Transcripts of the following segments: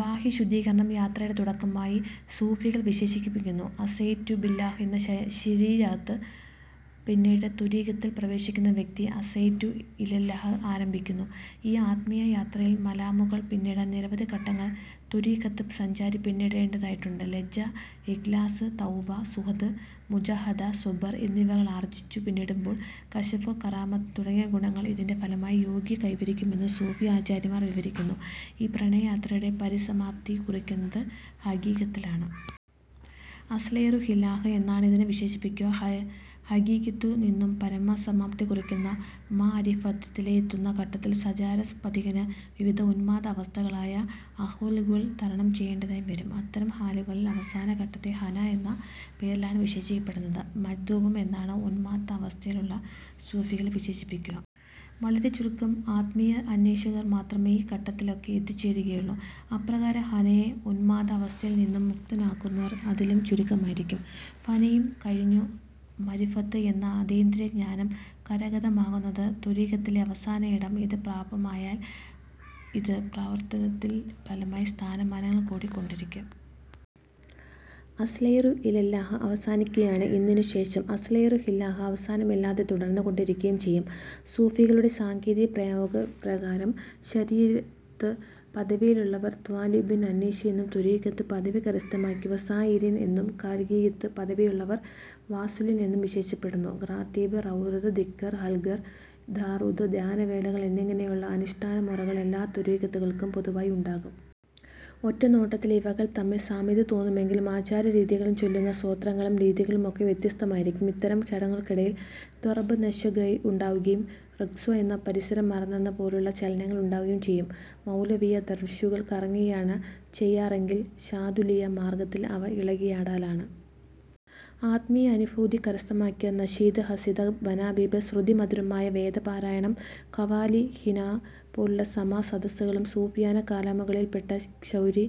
ബാഹ്യശുദ്ധീകരണം യാത്രയുടെ തുടക്കമായി സൂഫികൾ വിശേഷിപ്പിക്കുന്നു. അസ്സൈറു ബില്ലാഹ് എന്ന ശരീഅത്ത് പിന്നിട്ട് ത്വരീഖത്തിൽ പ്രവേശിക്കുന്ന വ്യക്തി അസ്സൈറു ഇലല്ലാഹ് ആരംഭിക്കുന്നു. ഈ ആത്മീയ യാത്രയിലെ മഖാമുകൾ പിന്നിടാൻ നിരവധി ഘട്ടങ്ങൾ ത്വരീഖത്ത് സഞ്ചാരി പിന്നിണ്ടേണ്ടതായിട്ടുണ്ട് ലജ്ജ ഇഖ്ലാസ് തൗബ, സുഹ്ദ് മുജാഹദ, സ്വബ്ർ, എന്നിവകൾ ആർജ്ജിച്ചു പിന്നിടുമ്പോൾ കശ്ഫ്, കറാമത്ത് തുടങ്ങിയ ഗുണങ്ങൾ ഇതിൻറെ ഫലമായി യോഗി കൈവരിക്കുമെന്ന് സൂഫി ആചാര്യമാർ വിവരിക്കുന്നു ഈ പ്രണയ യാത്രയുടെ പരിസമാപ്തി കുറിക്കുന്നത് ഹഖീഖത്തിലാണ്. അസ്സൈറു ഫില്ലാഹ് എന്നാണിതിനെ വിശേഷിപ്പിക്കുക. ഹഖീഖത്തിൽ നിന്നും പരിസമാപ്തി കുറിക്കുന്ന മഅരിഫഅത്തിലെത്തുന്ന ഘട്ടത്തിൽ സഞ്ചാര പഥികന് വിവിധ ഉന്മാദ അവസ്ഥകളായ അഹ്വാൽലുകൾ തരണം ചെയ്യേണ്ടതായി വരും. ഇത്തരം ഹാലുകളുടെ അവസാന ഘട്ടത്തെ ഫന എന്ന പേരിലാണ് വിശേഷിപ്പിക്കപ്പടുന്നത്. മജ്ദൂബും എന്നാണ് ഉന്മാദ അവസ്ഥയിലുള്ള സൂഫികളെ വിശേഷിപ്പിക്കുക. വളരെ ചുരുക്കം ആത്മീയ അന്വേഷകർ മാത്രമേ ഈ ഘട്ടങ്ങളിലൊക്കെ എത്തിച്ചേരുകയുള്ളു. അപ്രകാരം ഫനയെന്ന ഉന്മാദ അവസ്ഥയിൽ നിന്നും മുക്തമാകുന്നവർ അതിലും ചുരുക്കമായിരിക്കും. ഫനയും കഴിഞ്ഞു മഅരിഫത്ത് എന്ന അതീന്ദ്രയ ജ്ഞാനം കരഗതമാകുന്നതാണ് ത്വരീഖത്തിലെ അവസാന ഇടം. ഇത് പ്രാപ്യമായാൽ പിന്നെ പ്രവർത്തനങ്ങളുടെ ഫലമായി സ്ഥാനമാനങ്ങൾ കൂടി കൊണ്ടിരിക്കും. അസ്സൈറു ഇലല്ലാഹ്' അവസാനിക്കുകയാണ്. ഇതിന്നു ശേഷം 'അസ്സൈറു ഫില്ലാഹ്' അവസാനമില്ലാതെ തുടർന്ന് കൊണ്ടിരിക്കുകായും ചെയ്യും. സ്വൂഫികളുടെ സാങ്കേതിക പ്രയോഗ പ്രകാരം ശരീഅത്ത് പദവിയിലുള്ളവർ ' ത്വാലിബീൻ' അന്വേഷി എന്നും, ത്വരീഖത്ത് പദവി കരസ്ഥമാക്കിയവർ 'സാ ഇരീൻ' എന്നും, ഹഖീഖത്ത് പദവിയിലുള്ളവർ 'വാസ്വിലീൻ' എന്നും വിശേഷിക്കപ്പെടുന്നു. റാത്തീബ്, ഔറാദ്, ദിഖ്ർ ഹൽഖകൾ, ദാറൂദ്, ധ്യാനവേളകൾ എന്നിങ്ങനെയുള്ള അനുഷ്ഠാന മുറകൾ എല്ലാ ത്വരീഖത്തുകൾക്കും പൊതുവായി ഉണ്ടാകും. ഒറ്റ നോട്ടത്തിൽ ഇവകൾ തമ്മിൽ സാമ്യത തോന്നുമെങ്കിലും ആചാര രീതികളും ചൊല്ലുന്ന സ്തോത്രങ്ങളും രീതികളുമൊക്കെ വ്യത്യസ്തമായിരിക്കും. ഇത്തരം ചടങ്ങുകൾക്കിടയിൽ ത്വറബ് നശ്വ ഗൈബ ഉണ്ടാവുകയും റഖ്സ്വ് എന്ന പരിസരം മറന്നെന്ന പോലുള്ള ചലനങ്ങൾ ഉണ്ടാകുകയും ചെയ്യും. മൗലവിയ്യ ദർവീശുകൾ കറങ്ങുകയാണ് ചെയ്യാറെങ്കിൽ ശാദുലിയ്യ മാർഗ്ഗത്തിൽ അവ ഇളകിയാടലാണ്. ആത്മീയ അനുഭൂതി കരസ്ഥമാക്കാൻ നശീദ്, ഖസീദഃ, മനാഖിബ്, ശ്രുതിമധുരമായ വേദ പാരായണം, ഖവ്വാലി, ഗിനാഅ്, പോലുള്ള സമാഃ സദസ്സുകളും, സൂഫിയാന കലാമുകളിൽ പെട്ട ശ്യാരി,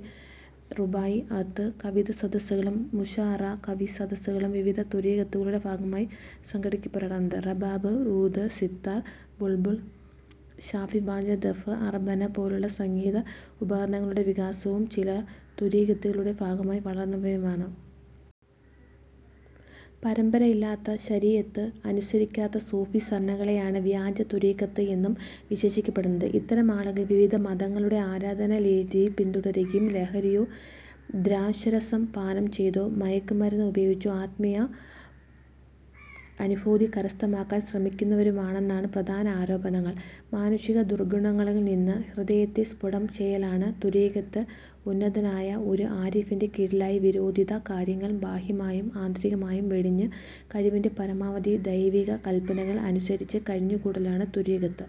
റുബായി, നഅ്ത്ത് കവിതാസദസ്സുകളും, മുശാഅറ കവി സദസ്സുകളും വിവിധ ത്വരീഖത്തുകളുടെ ഭാഗമായി സംഘടിക്കപ്പെടാറുണ്ട്. റബാബ്, ഊദ്, സിത്താർ, ബുൾബുൾ, ഷാഹിബാജ, ദഫ്, അറബന പോലുള്ള സംഗീത ഉപകരണങ്ങളുടെ വികാസവും ചില ത്വരീഖത്തുകളുടെ ഭാഗമായി വളർന്നു വന്നവയാണ്. പരമ്പര ഇല്ലാത്ത, ശരീഅത്ത് അനുസരിക്കാത്ത സൂഫി സരണികളെയാണ് വ്യാജ ത്വരീഖത്ത് എന്ന് വിശേഷിക്കപ്പെടുന്നത്. ഇത്തരം ആളുകൾ വിവിധ മതങ്ങളുടെ ആരാധനാ രീതികൾ പിന്തുടരുകയും ലഹരിയോ, ദ്രാക്ഷാരസം പാനം ചെയ്തോ, മയക്കുമരുന്നുപയോഗിച്ചോ ആത്മീയ അനുഭൂതി കരസ്ഥമാക്കാൻ ശ്രമിക്കുന്നവരുമാണെന്നാണ് പ്രധാന ആരോപണങ്ങൾ മാനുഷിക ദുർഗ്ഗുണങ്ങളിൽ നിന്ന് ഹൃദയത്തെ സ്ഫുടം ചെയ്യലാണ് ത്വരീഖത്ത് ഉന്നതനായ ഒരു ആരിഫിന്റെ കീഴിലായി വിരോധിത കാര്യങ്ങൾ ബാഹ്യമായും ആന്തരികമായും വെടിഞ്ഞ്, കഴിവിന്റെ പരമാവധി ദൈവിക കൽപ്പനകൾ അനുസരിച്ച് കഴിഞ്ഞുകൂടലാണ് ത്വരീഖത്ത്.